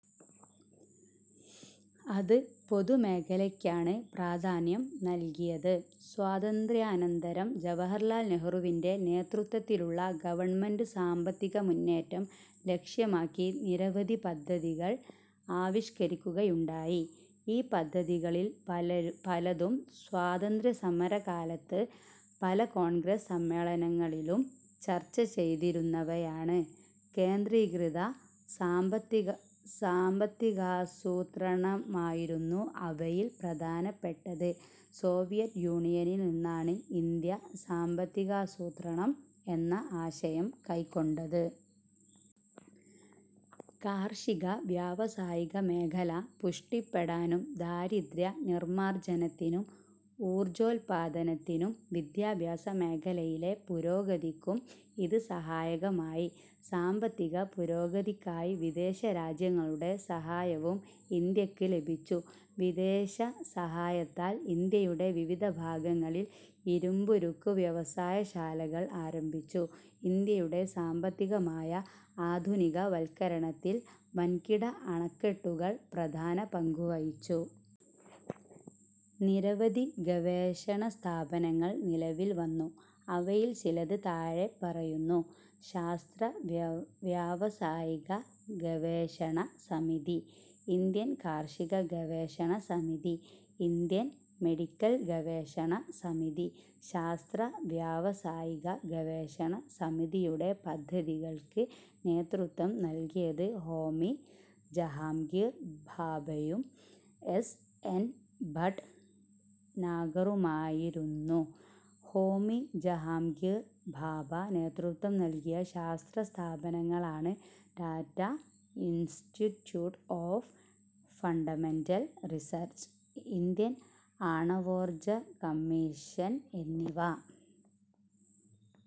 അത് പൊതുമേഖലയ്ക്കാണ് പ്രാധാന്യം നൽകിയത്. സ്വാതന്ത്ര്യാനന്തരം ജവഹർലാൽ നെഹ്റുവിന്റെ നേതൃ ത്വത്തിലുള്ള ഗവൺമെന്റ് സാമ്പത്തിക മുന്നേറ്റം ലക്ഷ്യമാക്കി നിരവധി പദ്ധതികൾ ആവിഷ്ക്കരിക്കുകയുണ്ടായി. ഈ പദ്ധതികളിൽ പലതും സ്വാതന്ത്ര്യസമരകാലത്ത് പല കോൺഗ്രസ് സമ്മേളനങ്ങളിലും ചർച്ചചെയ്തിരുന്നവയാണ്. കേന്ദ്രീകൃത സാമ്പത്തികാസൂത്രണമായിരുന്നു അവയിൽ പ്രധാനപ്പെട്ടത്. സോവിയറ്റ് യൂണിയനിൽ നിന്നാണ് ഇന്ത്യ സാമ്പത്തികാസൂത്രണം എന്ന ആശയം കൈക്കൊണ്ടത്. കാർഷിക വ്യാവസായിക മേഖല പുഷ്ടിപ്പെടാനും ദാരിദ്ര്യ നിർമാർജനത്തിനും ഊർജോൽപാദനത്തിനും വിദ്യാഭ്യാസ മേഖലയിലെ പുരോഗതിക്കും ഇത് സഹായകമായി. സാമ്പത്തിക പുരോഗതിക്കായി വിദേശ രാജ്യങ്ങളുടെ സഹായവും ഇന്ത്യക്ക് ലഭിച്ചു. വിദേശസഹായത്താൽ ഇന്ത്യയുടെ വിവിധ ഭാഗങ്ങളിൽ ഇരുമ്പുരുക്കു വ്യവസായശാലകൾ ആരംഭിച്ചു. ഇന്ത്യയുടെ സാമ്പത്തികമായ ആധുനികവൽക്കരണത്തിൽ വൻകിട അണക്കെട്ടുകൾ പ്രധാന പങ്കുവഹിച്ചു. നിരവധി ഗവേഷണസ്ഥാപനങ്ങൾ നിലവിൽ വന്നു. അവയിൽ ചിലത് താഴെപ്പറയുന്നു. ശാസ്ത്ര-വ്യാവസായിക ഗവേഷണ സമിതി, ഇന്ത്യൻ കാർഷിക ഗവേഷണ സമിതി, ഇന്ത്യൻ മെഡിക്കൽ ഗവേഷണ സമിതി. ശാസ്ത്ര വ്യാവസായിക ഗവേഷണ സമിതിയുടെ പദ്ധതികൾക്ക് നേതൃത്വം നൽകിയത് ഹോമി ജഹാംഗീർ ഭാഭയും എസ്. എൻ. ഭട് നാഗറുമായിരുന്നു. ഹോമി ജഹാംഗീർ ഭാഭ നേതൃത്വം നൽകിയ ശാസ്ത്രസ്ഥാപനങ്ങളാണ് Tata institute of fundamental research, Indian ആണവോർജകമ്മീഷൻ എന്നിവ.